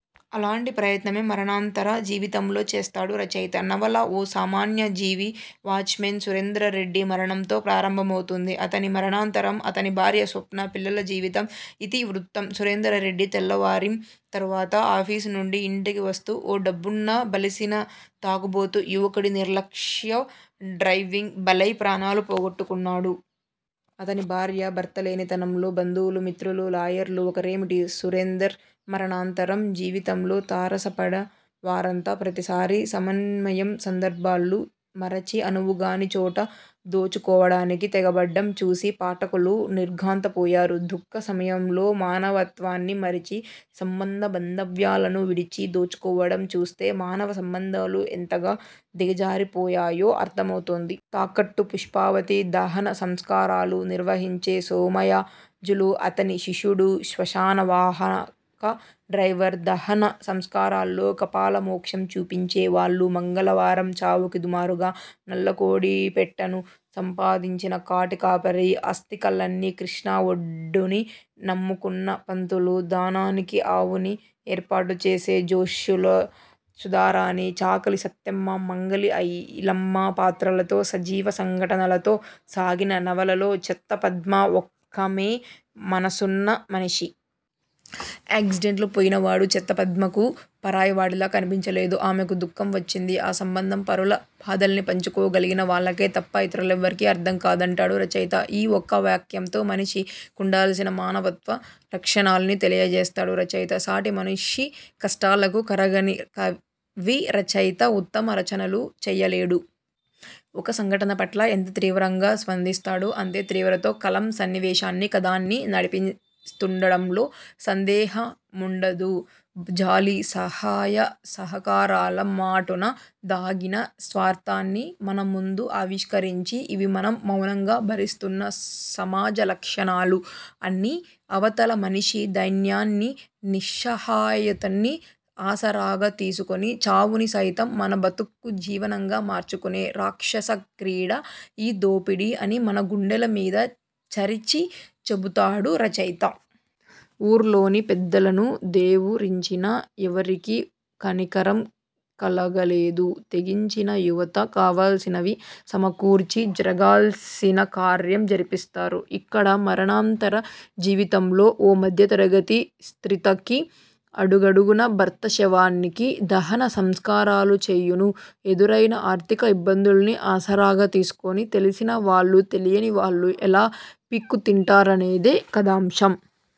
అలాంటి ప్రయత్నమే 'మరణానంతర జీవితం'లో చేస్తాడు రచయిత. నవల ఓ సామాన్య జీవి- వాచ్మెన్ సురేందర్రెడ్డి మరణంతో ప్రారంభమవుతుంది. అతని మరణానంతరం అతని భార్య స్వప్న, పిల్లల జీవితం ఇతివృత్తం. సురేందర్రెడ్డి తెల్లవారిం తరువాత ఆఫీసు నుండి ఇంటికి వస్తూ ఓ డబ్బున్న, బలిసిన తాగుబోతు యువకుడి నిర్లక్ష్య డ్రైవింగ్కు బలై ప్రాణాలు పోగొట్టుకుంటాడు. అతని భార్యని- భర్తలేనితనంలో- బంధువులూ, మిత్రులూ, లాయర్లూ ఒకరేమిటి, సురేందర్ మరణానంతర జీవితంలో తారసపడ్డవారంతా ప్రతిసారి సమయము సందర్భాలు మరచి, అనువుగాని చోట దోచుకోవడానికి తెగబడ్డం చూసి పాఠకులు నిర్ఘాంతపోతారు. దుఃఖ సమయంలో మానవత్వాన్ని మరచి, సంబంధ బాంధవ్యాలను విడిచి దోచుకోవడం చూస్తే మానవ సంబంధాలు ఎంతగా దిగజారాయో అర్థమవుతుంది. తాకట్టు పుష్పావతి, దహన సంస్కారాలు నిర్వహించే సోమయాజులు, అతని శిష్యుడు, శ్మశాన వాహక డ్రైవర్, దహన సంస్కారంలో కపాల మోక్షం చూపించే వాళ్ళు, మంగళవారం చావుకి మారుగా నల్లకోడి పెట్టను సంపాదించిన కాటి కాపరి, అస్థికల్నీ కృష్ణా ఒడ్డునీ నమ్ముకున్న పంతుళ్ళు, దానానికి ఆవుని ఏర్పాటు చేసే జోస్యుల సుధారాణి, చాకలి సత్తెమ్మ, మంగలి ఐలమ్మ పాత్రలతో సజీవ సంఘటనలతో సాగిన నవలలో చెత్త పద్మ ఒక్కామే మనసున్న మనిషి. ఆక్సిడెంట్లో పోయినవాడు చెత్త పద్మకు పరాయివాడిలా కన్పించలేదు. ఆమెకు దుఃఖం వచ్చింది. ఆ సంబంధం పరుల బాధల్ని పంచుకోగలిగిన వాళ్ళకే తప్ప ఇతర్లెవ్వరికీ అర్థం కాదంటాడు రచయిత. ఈ ఒక్క వాక్యంతో మనిషి కుండాల్సిన మానవత్వ లక్షణాల్ని తెలియజేస్తాడు రచయిత. సాటి మనిషి కష్టాలకు కరగని కవి, రచయిత ఉత్తమ రచనలు చెయ్యలేడు. ఒక సంఘటన పట్ల ఎంత తీవ్రంగా స్పందిస్తాడో అంతే తీవ్రతతో కలం సన్నివేశాన్నీ కథనాన్నీ నడిపిస్తుందనడంలో సందేహముండదు. జాలి, సహాయ సహకారాల మాటున దాగిన స్వార్థాన్ని మన ముందు ఆవిష్కరించి, ఇవీ మనం మౌనంగా భరిస్తున్న సమాజ లక్షణాలు అనీ, అవతల మనిషి దైన్యాన్నీ నిస్సహాయతనీ ఆసరాగా తీసుకుని చావుని సైతం మన బతుక్కు జీవంగా మార్చుకునే రాక్షస క్రీడ ఈ దోపిడీ అనీ మన గుండెల మీద చరిచి చెబుతాడు రచయిత. ఊర్లోని పెద్దల ను దేవురించినా ఎవరికీ కనికరం కలగలేదు. తెగించిన యువత కావాల్సినవి సమకూర్చి జరగాల్సిన కార్యం జరిపిస్తారు. ఇక్కడ 'మరణానంతర జీవితం'లో ఓ మధ్యతరగతి సీ్త్రకి అడుగడుగునా భర్త శవానికి దహన సంస్కారాలు చెయ్యను ఎదురైన ఆర్థిక ఇబ్బందుల్ని ఆసరాగా తీసుకుని తెలిసిన వాళ్ళూ తెలియనివాళ్ళూ ఎలా పీక్కుతింటారనేది కథాంశం.